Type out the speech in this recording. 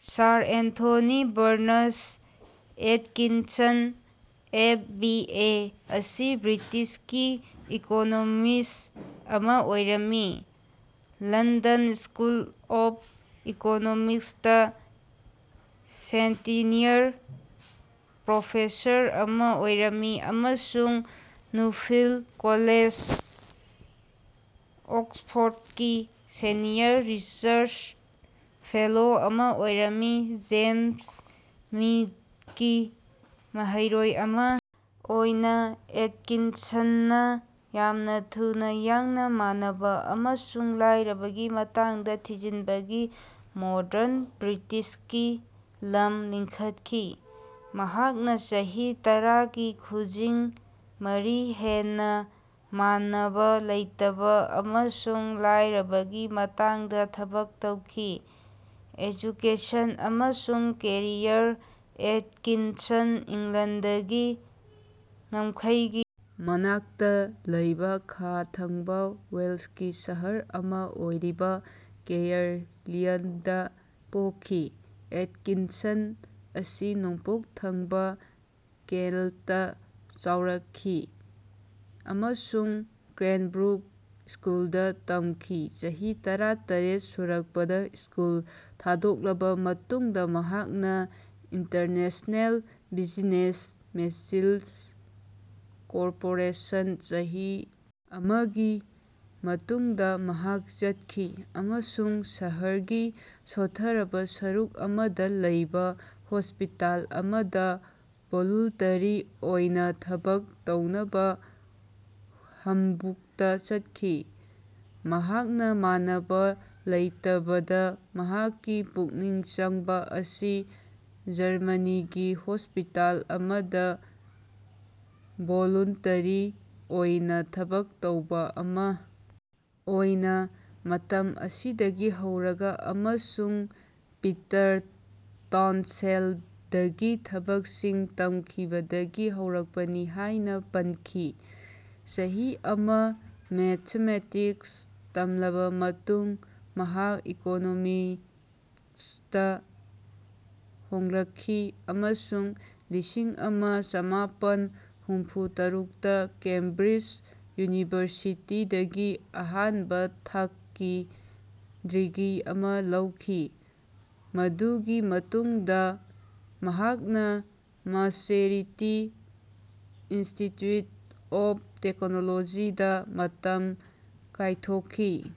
Sir Anthony Barnes Atkinson F. B. A. ꯑꯁꯤ ꯕ꯭ꯔꯤꯇꯤꯁꯀꯤ economist ꯑꯃꯥ ꯑꯣꯏꯔꯝꯃꯤ꯫ ꯂꯟꯗꯟ ꯁ꯭ꯀꯨꯜ ꯑꯣꯐ ꯏꯀꯣꯅꯣꯃꯤꯛꯁꯇꯥ ꯁꯦꯟꯇꯤꯅꯤꯌꯔ ꯄ꯭ꯔꯣꯐꯦꯁꯔ ꯑꯃꯥ ꯑꯣꯏꯔꯝꯃꯤ, ꯑꯃꯁꯨꯡ ꯅꯨꯐꯤꯜꯗ ꯀꯣꯂꯦꯖ, ꯑꯣꯛꯁꯐꯣꯔꯗꯀꯤ ꯁꯦꯅꯤꯌꯔ ꯔꯤꯁꯔꯆ ꯐꯦꯂꯣ ꯑꯃꯥ ꯑꯣꯏꯔꯝꯃꯤ꯫ ꯖꯦꯝꯁ ꯃꯤꯗꯀꯤ ꯃꯍꯩꯔꯣꯏ ꯑꯃꯥ ꯑꯣꯏꯅꯥ ꯑꯦꯠꯀꯤꯟꯁꯟꯅꯥ ꯌꯥꯝꯅꯥ ꯊꯨꯅ ꯌꯥꯡꯅꯥ ꯃꯥꯟꯅꯕ ꯑꯃꯁꯨꯡ ꯂꯥꯏꯔꯕꯒꯤ ꯃꯇꯥꯡꯗ ꯊꯤꯖꯤꯟꯕꯒꯤ ꯃꯣꯗ꯭ꯔꯟ ꯕ꯭ꯔꯤꯇꯤꯁꯀꯤ ꯂꯝ ꯂꯤꯡꯈꯠꯈꯤ꯫ ꯃꯍꯥꯛꯅꯥ ꯆꯍꯤ ꯇꯔꯥꯒꯤ ꯈꯨꯖꯤꯡ ꯃꯔꯤ ꯍꯦꯟꯅꯥ ꯃꯥꯟꯅꯕꯥ ꯂꯩꯇꯕꯥ ꯑꯃꯁꯨꯡ ꯂꯥꯏꯔꯕꯒꯤ ꯃꯇꯥꯡꯗꯥ ꯊꯕꯛ ꯇꯧꯈꯤ꯫ ꯑꯦꯖꯨꯀꯦꯁꯟ ꯑꯃꯁꯨꯡ ꯀꯦꯔꯤꯌꯔ ꯑꯦꯠꯀꯤꯟꯁꯟ ꯏꯪꯂꯦꯟꯗꯒꯤ ꯉꯝꯈꯩꯒꯤ ꯃꯅꯥꯛꯇ ꯂꯩꯕꯥ ꯈꯥ ꯊꯪꯕꯥ ꯋꯦꯜꯁꯀꯤ ꯁꯍꯔ ꯑꯃꯥ ꯑꯣꯏꯔꯤꯕ ꯀꯦꯌꯔꯂꯤꯌꯟꯗꯥ ꯄꯣꯛꯈꯤ꯫ ꯑꯦꯠꯀꯤꯟꯁꯟ ꯑꯁꯤ ꯅꯣꯡꯄꯣꯛ ꯊꯪꯕꯥ ꯀꯦꯜꯠꯇꯥ ꯆꯥꯎꯔꯛꯈꯤ ꯑꯃꯁꯨꯡ ꯀ꯭ꯔꯦꯟꯕ꯭ꯔꯨꯛ ꯁ꯭ꯀꯨꯜꯗꯥ ꯇꯝꯈꯤ꯫ ꯆꯍꯤ ꯇꯔꯥ ꯇꯔꯦꯠ ꯁꯨꯔꯛꯄꯗꯥ ꯁ꯭ꯀꯨꯜ ꯊꯥꯗꯣꯛꯂꯕ ꯃꯇꯨꯡꯗ ꯃꯍꯥꯛꯅꯥ ꯏꯟꯇꯔꯅꯦꯁꯅꯦꯜ ꯕꯤꯖꯤꯅꯦꯁ ꯃꯦꯆꯤꯟꯁ ꯀꯣꯔꯄꯣꯔꯦꯁꯟ ꯆꯍꯤ ꯑꯃꯒꯤ ꯃꯇꯨꯡꯗ ꯃꯍꯥꯛ ꯆꯠꯈꯤ ꯑꯃꯁꯨꯡ ꯁꯍꯔꯒꯤ ꯁꯣꯠꯊꯔꯕ ꯁꯔꯨꯛ ꯑꯃꯗꯥ ꯂꯩꯕꯥ ꯍꯣꯁꯄꯤꯇꯥꯜ ꯑꯃꯗꯥ ꯚꯣꯂꯨꯟꯇꯔꯤ ꯑꯣꯏꯅꯥ ꯊꯕꯛ ꯇꯧꯅꯕꯥ ꯍꯝꯕꯨꯛꯇꯥ ꯆꯠꯈꯤ꯫ ꯃꯍꯥꯛꯅꯥ ꯃꯥꯟꯅꯕꯥ ꯂꯩꯇꯕꯗꯥ ꯃꯍꯥꯛꯀꯤ ꯄꯨꯛꯅꯤꯡ ꯆꯪꯕ ꯑꯁꯤ ꯖꯔꯃꯅꯤꯒꯤ ꯍꯣꯁꯄꯤꯇꯥꯜ ꯑꯃꯗꯥ ꯚꯣꯂꯨꯟꯇꯔꯤ ꯑꯣꯏꯅꯥ ꯊꯕꯛ ꯇꯧꯕ ꯑꯃꯥ ꯑꯣꯏꯅꯥ ꯃꯇꯝ ꯑꯁꯤꯗꯒꯤ ꯍꯧꯔꯒꯥ ꯑꯃꯁꯨꯡ ꯄꯤꯇꯔ ꯇꯥꯎꯟꯁꯦꯟꯗꯒꯤ ꯊꯕꯛꯁꯤꯡ ꯇꯝꯈꯤꯕꯗꯒꯤ ꯍꯧꯔꯛꯄꯅꯤ ꯍꯥꯏꯅꯥ ꯄꯟꯈꯤ꯫ ꯆꯍꯤ ꯑꯃꯥ ꯃꯦꯊꯃꯦꯇꯤꯛꯁ ꯇꯝꯂꯕ ꯃꯇꯨꯡꯗ ꯃꯍꯥꯛ ꯏꯀꯣꯅꯣꯃꯤꯛꯁꯇꯥ ꯍꯣꯡꯂꯛꯈꯤ ꯑꯃꯁꯨꯡ ꯂꯤꯁꯤꯡ ꯑꯃ ꯆꯃꯥꯄꯟ ꯍꯨꯝꯐꯨ ꯇꯔꯨꯛꯇ ꯀꯦꯝꯕ꯭ꯔꯤꯖ ꯌꯨꯅꯤꯚꯔꯁꯤꯇꯤꯗꯒꯤ ꯑꯍꯥꯟꯕꯥ ꯊꯥꯛꯀꯤ ꯗ꯭ꯔꯤꯒꯤ ꯑꯃꯥ ꯂꯧꯈꯤ꯫ ꯃꯗꯨꯒꯤ ꯃꯇꯨꯡꯗ ꯃꯍꯥꯛꯅꯥ ꯃꯥꯁꯆꯦꯔꯤꯇꯤ ꯏꯟꯁꯇꯤꯇ꯭ꯌꯨꯠ ꯑꯣꯐ ꯇꯦꯛꯅꯣꯂꯣꯖꯤꯗꯥ ꯃꯇꯝ ꯀꯥꯏꯊꯣꯛꯈꯤ꯫